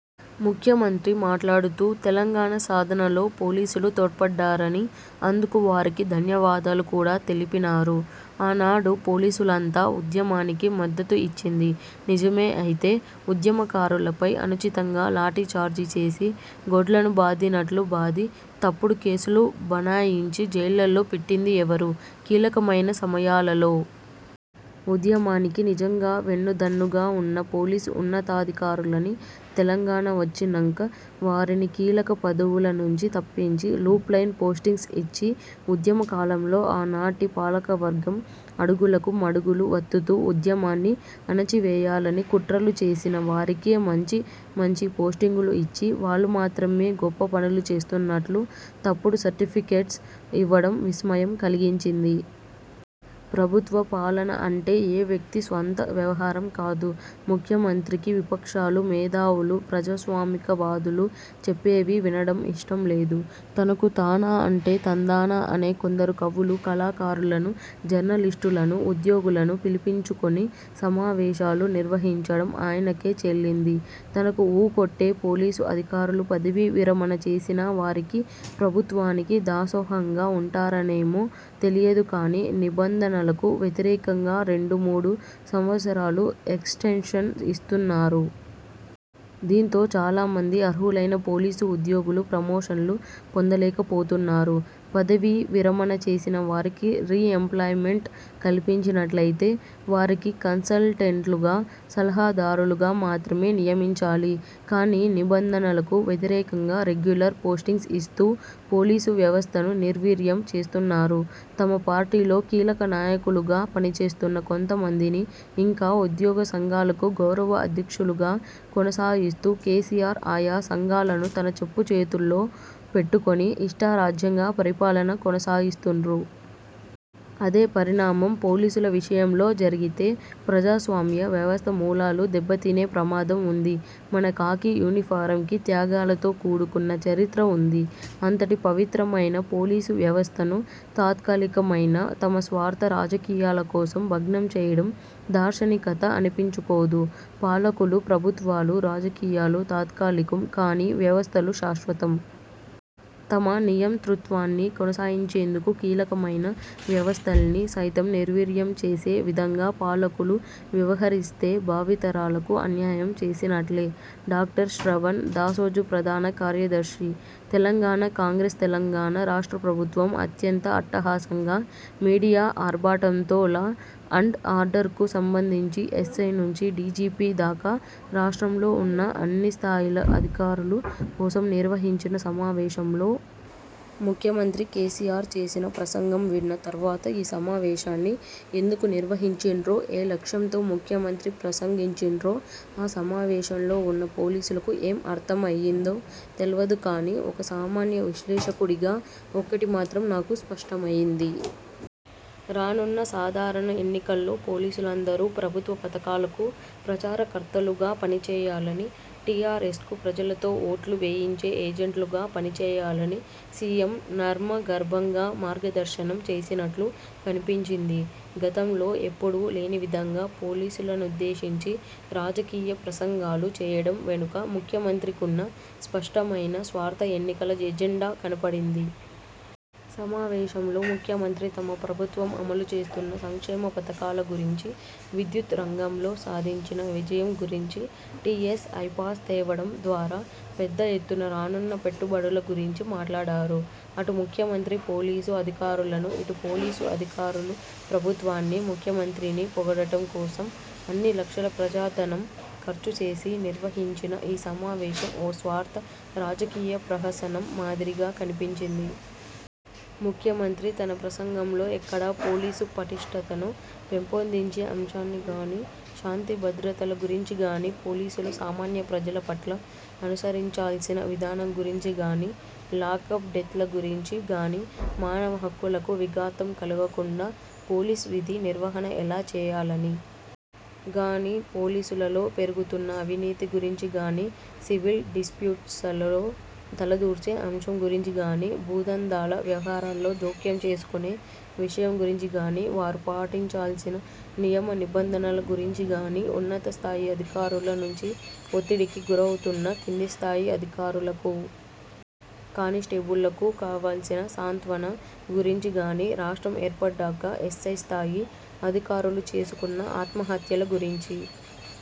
ముఖ్యమంత్రి మాట్లాడుతూ, తెలంగాణ సాధనలో పోలీసులు తోడ్పడ్డారని, అందుకు వారికి ధన్యవాదాలు కూడా తెలిపినారు. ఆనాడు పోలీసులంతా ఉద్యమానికి మద్దతు ఇచ్చింది నిజమే అయితే, ఉద్యమకారులపై అనుచితంగా లాఠీచార్జి చేసి గొడ్లను బాదినట్లు బాది, తప్పుడు కేసులు బనాయించి జైళ్లలో పెట్టింది ఎవరు? కీలకమైన సమయాలలో ఉద్యమానికి నిజంగా వెన్నుదన్నుగా ఉన్న పోలీసు ఉన్నతాధికారులని తెలంగాణ వచ్చినంక, వారిని కీలక పదవుల నుంచి తప్పించి, లూప్ లైన్ పోస్టింగ్స్ ఇచ్చి, ఉద్యమ కాలంలో ఆనాటి పాలకవర్గం అడుగులకు మడుగులు వత్తుతూ ఉద్యమాన్ని అణచివేయాలని కుట్రలు చేసిన వారికే మంచి మంచి పోస్టింగులు ఇచ్చి, వాళ్లు మాత్రమే గొప్ప పనులు చేస్తున్నట్లు, తప్పుడు సర్టిఫికెట్స్ ఇవ్వడం విస్మయం కలిగించింది. ప్రభుత్వ పాలన అంటే ఏ వ్యక్తి స్వంత వ్యవహారం కాదు. ముఖ్యమంత్రికి విపక్షాలు, మేధావులు, ప్రజాస్వామికవాదులు చెప్పేవి వినడం ఇష్టం లేదు. తనకు తానా అంటే తందానా అనే కొందరు కవులు, కళాకారులను, జర్నలిస్టులను, ఉద్యోగులను పిలిపించుకొని సమావేశాలు నిర్వహించడం ఆయనకే చెల్లింది. తనకు ఊ కొట్టే పోలీసు అధికారులు పదవీ విరమణ చేసినా వారికి, ప్రభుత్వానికి దాసోహంగా ఉంటారనేమో తెలియదు కానీ, నిబంధనలకు వ్యతిరేకంగా రెండు, మూడు సంవత్సరాలు ఎక్స్టెన్షన్ ఇస్తున్నారు. దీంతో చాలా మంది అర్హులైన పోలీసు ఉద్యోగులు ప్రమోషన్లు పొందలేకపోతున్నారు. పదవీ విరమణ చేసిన వారికి రీఎంప్లాయ్మెంట్ కల్పించినట్లయితే, వారికి కన్సల్టెంట్లుగా, సలహాదారులుగా మాత్రమే నియమించాలి. కానీ నిబంధనలకు వ్యతిరేకంగా రెగ్యులర్ పోస్టింగ్స్ ఇస్తూ పోలీసు వ్యవస్థను నిర్వీర్యం చేస్తున్నారు. తమ పార్టీలో కీలక నాయకులుగా పనిచేస్తున్న కొంతమందిని ఇంకా ఉద్యోగ సంఘాలకు గౌరవ అధ్యక్షులుగా కొనసాగిస్తూ, కేసీఆర్ ఆయా సంఘాలను తన చెప్పుచేతల్లో పెట్టుకుని, ఇష్టారాజ్యంగా పరిపాలన కొనసాగిస్తుండ్రు. అదే పరిణామం పోలీసుల విషయంలో జరిగితే, ప్రజాస్వామ్య వ్యవస్థ మూలాలు దెబ్బతినే ప్రమాదం ఉంది. మన ఖాకీ యూనిఫారంకి త్యాగాలతో కూడుకున్న చరిత్ర ఉంది. అంతటి పవిత్రమైన పోలీసు వ్యవస్థను తాత్కాలికమైన తమ స్వార్థ రాజకీయాల కోసం భగ్నం చేయడం దార్శనికత అనిపించుకోదు. పాలకులు, ప్రభుత్వాలు, రాజకీయాలు తాత్కాలికం, కానీ వ్యవస్థలు శాశ్వతం. తమ నియంతృత్వాన్ని కొనసాగించేందుకు కీలకమైన వ్యవస్థల్ని సైతం నిర్వీర్యంచేసే విధంగా పాలకులు వ్యవహరిస్తే, భావి తరాలకు అన్యాయం చేసినట్లే. డాక్టర్ శ్రవణ్ దాసోజుప్రధాన కార్యదర్శి, తెలంగాణ కాంగ్రెస్తెలంగాణ రాష్ట్ర ప్రభుత్వం అత్యంత అట్టహాసంగా మీడియా ఆర్భాటంతోలా అండ్ ఆర్డర్కు సంబంధించి ఎస్సై నుంచి డీజీపీ దాకా రాష్ట్రంలో ఉన్న అన్ని స్థాయిల అధికారులు కోసం నిర్వహించిన సమావేశంలో ముఖ్యమంత్రి కేసీఆర్ చేసిన ప్రసంగం విన్న తర్వాత ఈ సమావేశాన్ని ఎందుకు నిర్వహించిండ్రో, ఏ లక్ష్యంతో ముఖ్యమంత్రి ప్రసంగించిండ్రో, ఆ సమావేశంలో ఉన్న పోలీసులకు ఏం అర్థం అయ్యిందో తెల్వదు కానీ, ఒక సామాన్య విశ్లేషకుడిగా ఒక్కటి మాత్రం నాకు స్పష్టమయ్యింది. రానున్న సాధారణ ఎన్నికల్లో పోలీసులందరూ ప్రభుత్వ పథకాలకు ప్రచారకర్తలుగా పనిచేయాలని, టీఆర్ఎస్కు ప్రజలతో ఓట్లు వేయించే ఏజెంట్లుగా పనిచేయాలని సీఎం నర్మగర్భంగా మార్గదర్శనం చేసినట్లు కనిపించింది. గతంలో ఎప్పుడూ లేనివిధంగా పోలీసులనుద్దేశించి రాజకీయ ప్రసంగాలు చేయడం వెనుక ముఖ్యమంత్రికున్న స్పష్టమైన స్వార్థ ఎన్నికల ఎజెండా కనపడింది. సమావేశంలో ముఖ్యమంత్రి తమ ప్రభుత్వం అమలు చేస్తున్న సంక్షేమ పథకాల గురించి, విద్యుత్ రంగంలో సాధించిన విజయం గురించి, టీఎస్ ఐపాస్ తేవడం ద్వారా పెద్ద ఎత్తున రానున్న పెట్టుబడుల గురించి మాట్లాడారు. అటు ముఖ్యమంత్రి పోలీసు అధికారులను, ఇటు పోలీసు అధికారులు ప్రభుత్వాన్నీ ముఖ్యమంత్రినీ పొగడటం కోసం అన్ని లక్షల ప్రజాధనం ఖర్చు చేసి నిర్వహించిన ఈ సమావేశం ఓ స్వార్థ రాజకీయ ప్రహసనం మాదిరిగా కనిపించింది. ముఖ్యమంత్రి తన ప్రసంగంలో ఎక్కడా పోలీసు పటిష్ఠతను పెంపొందించే అంశాన్ని గానీ, శాంతిభద్రతల గురించి గానీ, పోలీసులు సామాన్య ప్రజల పట్ల అనుసరించాల్సిన విధానం గురించి గానీ, లాకప్ డెత్ల గురించి గానీ, మానవ హక్కులకు విఘాతం కలుగకుండా పోలీస్ విధి నిర్వహణ ఎలా చేయాలని గానీ, పోలీసులలో పెరుగుతున్న అవినీతి గురించి గానీ, సివిల్ డిస్ప్యూట్స్లలో తలదూర్చే అంశం గురించి గానీ, భూదందాల వ్యవహారాల్లో జోక్యం చేసుకునే విషయం గురించి గానీ, వారు పాటించాల్సిన నియమనిబంధనల గురించి గానీ, ఉన్నత స్థాయి అధికారుల నుంచి ఒత్తిడికి గురవుతున్న కింది స్థాయి అధికారులకూ కానిస్టేబుళ్ళకూ కావాల్సిన సాంత్వన గురించి గానీ, రాష్ట్రం ఏర్పడ్డాక ఎస్సై స్థాయి అధికారులు చేసుకున్న ఆత్మహత్యల గురించి